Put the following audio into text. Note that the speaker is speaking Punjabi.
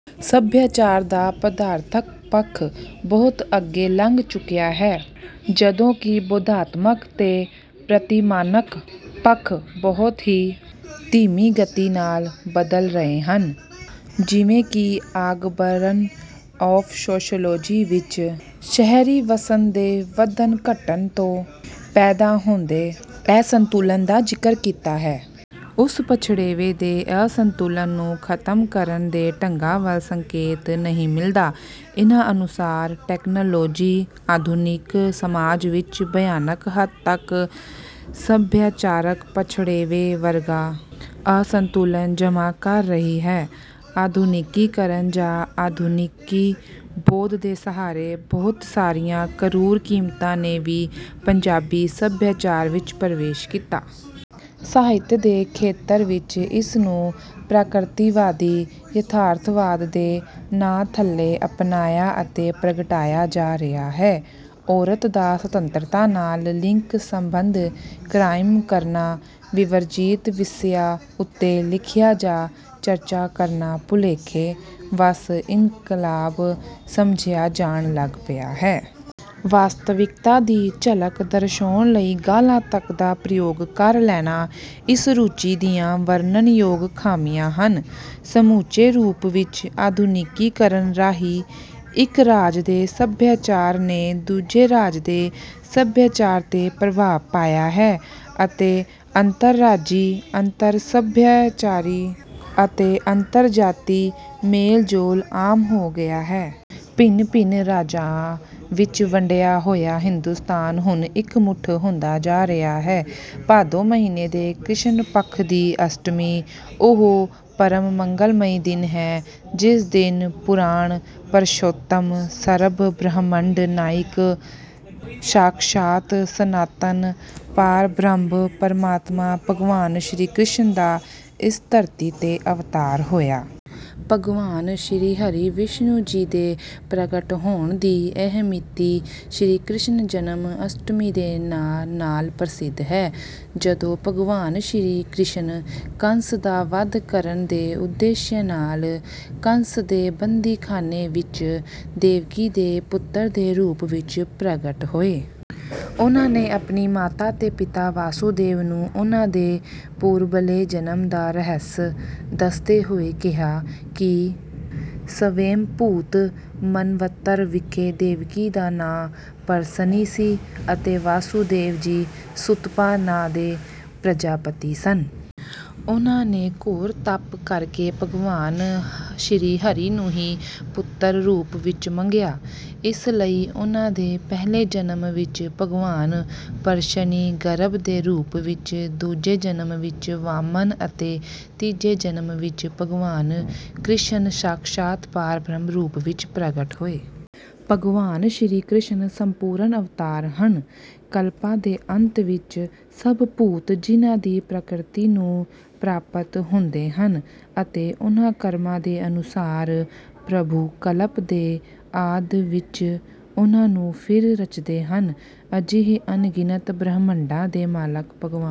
ਸਭਿਆਚਾਰ ਦਾ ਪਦਾਰਥਕ ਪੱਖ ਬਹੁਤ ਅੱਗੇ ਲੰਘ ਚੁੱਕਿਆ ਹੈ। ਜਦੋਂ ਕਿ ਬੋਧਾਤਮਕ ਤੇ ਪ੍ਰਤਿਮਾਨਕ ਪੱਖ ਬਹੁਤ ਹੀ ਧੀਮੀ ਗਤੀ ਨਾਲ ਬਦਲ ਰਹੇ ਹਨ। ਜਿਵੇਂ ਕਿ ਆਗਬਰਨ ਆਫ ਸੋਸ਼ਿਅਲੋਜੀ ਵਿੱਚ ਸ਼ਹਿਰੀ ਵਸੋਂ ਦੇ ਵੱਧਣ-ਘੱਟਣ ਤੋਂ ਪੈਦਾ ਹੁੰਦੇ ਅਸੰਤੁਲਨ ਦਾ ਜ਼ਿਕਰ ਕੀਤਾ ਹੈ। ਉਸ ਪਛੜੇਵੇਂ ਦੇ ਅਸੰਤੁਲਨ ਨੂੰ ਖਤਮ ਕਰਨ ਦੇ ਢੰਗਾਂ ਵੱਲ ਸੰਕੇਤ ਨਹੀਂ ਮਿਲਦਾ। ਇਨ੍ਹਾਂ ਅਨੁਸਾਰ ਟਕਨਾਲੋਜੀ ਆਧੁਨਿਕ ਸਮਾਜ ਵਿੱਚ ਭਿਆਨਕ ਹੱਦ ਤੱਕ ਸਭਿਆਚਾਰਕ ਪਛੜੇਵੇਂ ਵਰਗਾ ਅਸੰਤੁਲਨ ਜਮ੍ਹਾਂ ਕਰ ਰਹੇ ਹਨ। ਆਧੁਨਿਕੀਕਰਨ ਜਾਂ ਆਧੁਨਿਕੀ ਬੋਧ ਦੇ ਸਹਾਰੇ ਬਹੁਤ ਸਾਰੀਆਂ ਕਰੂਰ ਕੀਮਤਾਂ ਨੇ ਵੀ ਪੰਜਾਬੀ ਸਭਿਆਚਾਰ ਵਿੱਚ ਪ੍ਰਵੇਸ਼ ਕੀਤਾ। ਸਾਹਿਤ ਦੇ ਖੇਤਰ ਵਿੱਚ ਇਸਨੂੰ ਪ੍ਰਕਿਰਤੀਵਾਦੀ ਯਥਾਰਥਵਾਦ ਦੇ ਨਾਂ ਥੱਲੇ ਅਪਣਾਇਆ ਅਤੇ ਪ੍ਰਗਟਾਇਆ ਜਾ ਰਿਹਾ ਹੈ। ਔਰਤ ਦਾ ਸੁਤੰਤਰਤਾ ਨਾਲ ਲਿੰਗ ਸੰਬੰਧ ਕਰਾਈਮ ਕਰਨਾ। ਵਿਵਰਜੀਤ ਵਿਸ਼ਿਆ ਉੱਤੇ ਲਿਖਿਆ ਜਾਂ ਚਰਚਾ ਕਰਨਾ ਭੁਲੇਖੇ ਵਸ ਇਨਕਲਾਬ ਸਮਝਿਆ ਜਾਣ ਲੱਗ ਪਿਆ ਹੈ। ਵਾਸਤਵਿਕਤਾ ਦੀ ਝਲਕ ਦਰਸਾਉਣ ਲਈ ਗਾਲਾਂ ਤੱਕ ਦਾ ਪ੍ਰਯੋਗ ਕਰ ਲੈਣਾ ਇਸ ਰੁਚੀ ਦੀਆਂ ਵਰਣਨ ਯੋਗ ਖਾਮੀਆਂ ਹਨ। ਸਮੁੱਚੇ ਰੂਪ ਵਿੱਚ ਆਧੁਨਿਕੀਕਰਨ ਰਾਹੀਂ ਇੱਕ ਰਾਜ ਦੇ ਸਭਿਆਚਾਰ ਨੇ ਦੂਜੇ ਰਾਜ ਦੇ ਸਭਿਆਚਾਰ ਤੇ ਪ੍ਰਭਾਵ ਪਾਇਆ ਹੈ ਅਤੇ ਅੰਤਰ-ਰਾਜੀ ਅੰਤਰ-ਸਭਿਆਚਾਰੀ ਅਤੇ ਅੰਤਰ-ਜਾਤੀ ਮੇਲ-ਜੋਲ ਆਮ ਹੋ ਗਿਆ ਹੈ। ਭਿੰਨ-ਭਿੰਨ ਰਾਜਾਂ ਵਿੱਚ ਵੰਡਿਆ ਹੋਇਆ ਹਿੰਦੁਸਤਾਨ ਹੁਣ ਇੱਕਮੁੱਠ ਹੁੰਦਾ ਜਾ ਰਿਹਾ ਹੈ। ਭਾਦਰੋਂ ਮਹੀਨੇ ਦੇ ਕ੍ਰਿਸ਼ਨ ਪੱਖ ਦੀ ਅਸ਼ਟਮੀ ਉਹ ਪਰਮ ਮੰਗਲਮਈ ਦਿਨ ਹੈ। ਜਿਸ ਦਿਨ ਪੁਰਾਣ ਪ੍ਰਸ਼ੋਤਮ ਸਰਬ ਬ੍ਰਹਿਮੰਡ ਨਾਇਕ ਸਾਖਸ਼ਾਤ ਸਨਾਤਨ ਪਾਰਬ੍ਰਹਮ ਪ੍ਰਮਾਤਮਾ ਭਗਵਾਨ ਸ਼੍ਰੀ ਕ੍ਰਿਸ਼ਨ ਦਾ ਇਸ ਧਰਤੀ ਤੇ ਅਵਤਾਰ ਹੋਇਆ। ਭਗਵਾਨ ਸ਼੍ਰੀ ਹਰੀ ਵਿਸ਼ਨੂੰ ਜੀ ਦੇ ਪ੍ਰਗਟ ਹੋਣ ਦੀ ਇਹ ਮਿਤੀ ਸ਼੍ਰੀ ਕ੍ਰਿਸ਼ਨ ਜਨਮ ਅਸ਼ਟਮੀ ਦੇ ਨਾਂ ਨਾਲ ਪ੍ਰਸਿੱਧ ਹੈ। ਜਦੋਂ ਭਗਵਾਨ ਸ਼੍ਰੀ ਕ੍ਰਿਸ਼ਨ ਕੰਸ ਦਾ ਵਧ ਕਰਨ ਦੇ ਉਦੇਸ਼ ਨਾਲ ਕੰਸ ਦੇ ਬੰਦੀਖਾਨੇ ਵਿੱਚ ਦੇਵਕੀ ਦੇ ਪੁੱਤਰ ਦੇ ਰੂਪ ਵਿੱਚ ਪ੍ਰਗਟ ਹੋਏ। ਉਨ੍ਹਾਂ ਨੇ ਆਪਣੀ ਮਾਤਾ ਤੇ ਪਿਤਾ ਵਾਸੁਦੇਵ ਨੂੰ ਉਨ੍ਹਾਂ ਦੇ ਪੂਰਬਲੇ ਜਨਮ ਦਾ ਰਹੱਸ ਦੱਸਦੇ ਹੋਏ ਕਿਹਾ ਕਿ ਸਵੈਮਭੁਵ ਮਨਵੰਤਰ ਵਿਖੇ ਦੇਵਕੀ ਦਾ ਨਾਂ ਪ੍ਰਸ਼ਨੀ ਸੀ। ਅਤੇ ਵਾਸੁਦੇਵ ਜੀ ਸੁਤਪਾ ਨਾਂ ਦੇ ਪ੍ਰਜਾਪਤੀ ਸਨ। ਉਨ੍ਹਾਂ ਨੇ ਘੋਰ ਤਪ ਕਰਕੇ ਭਗਵਾਨ ਸ਼੍ਰੀ ਹਰੀ ਨੂੰ ਹੀ ਪੁੱਤਰ ਰੂਪ ਵਿੱਚ ਮੰਗਿਆ। ਇਸ ਲਈ ਇਨ੍ਹਾਂ ਦੇ ਪਹਿਲੇ ਜਨਮ ਵਿੱਚ ਭਗਵਾਨ ਪ੍ਰਸ਼ਨੀ ਗਰਭ ਦੇ ਰੂਪ ਵਿੱਚ ਦੂਜੇ ਜਨਮ ਵਿੱਚ ਵਾਮਨ ਅਤੇ ਤੀਜੇ ਜਨਮ ਵਿੱਚ ਭਗਵਾਨ ਕ੍ਰਿਸ਼ਨ ਸਾਖਸ਼ਾਤ ਪਾਰਬ੍ਰਹਮ ਰੂਪ ਵਿੱਚ ਪ੍ਰਗਟ ਹੋਏ। ਭਗਵਾਨ ਸ਼੍ਰੀ ਕ੍ਰਿਸ਼ਨ ਸੰਪੂਰਨ ਅਵਤਾਰ ਹਨ। ਕਲਪਾਂ ਦੇ ਅੰਤ ਵਿੱਚ ਸਭ ਭੂਤ ਜਿਨ੍ਹਾਂ ਦੀ ਪ੍ਰਕਿਰਤੀ ਨੂੰ ਪ੍ਰਾਪਤ ਹੁੰਦੇ ਹਨ। ਅਤੇ ਉਨ੍ਹਾਂ ਕਰਮਾਂ ਦੇ ਅਨੁਸਾਰ ਪ੍ਰਭੂ ਕਲਪ ਦੇ ਆਦਿ ਵਿੱਚ ਉਨ੍ਹਾਂ ਨੂੰ ਫਿਰ ਰਚਦੇ ਹਨ। ਅਜਿਹੇ ਅਣਗਿਣਤ ਬ੍ਰਹਿਮੰਡਾਂ ਦੇ ਮਾਲਕ ਭਗਵਾਨ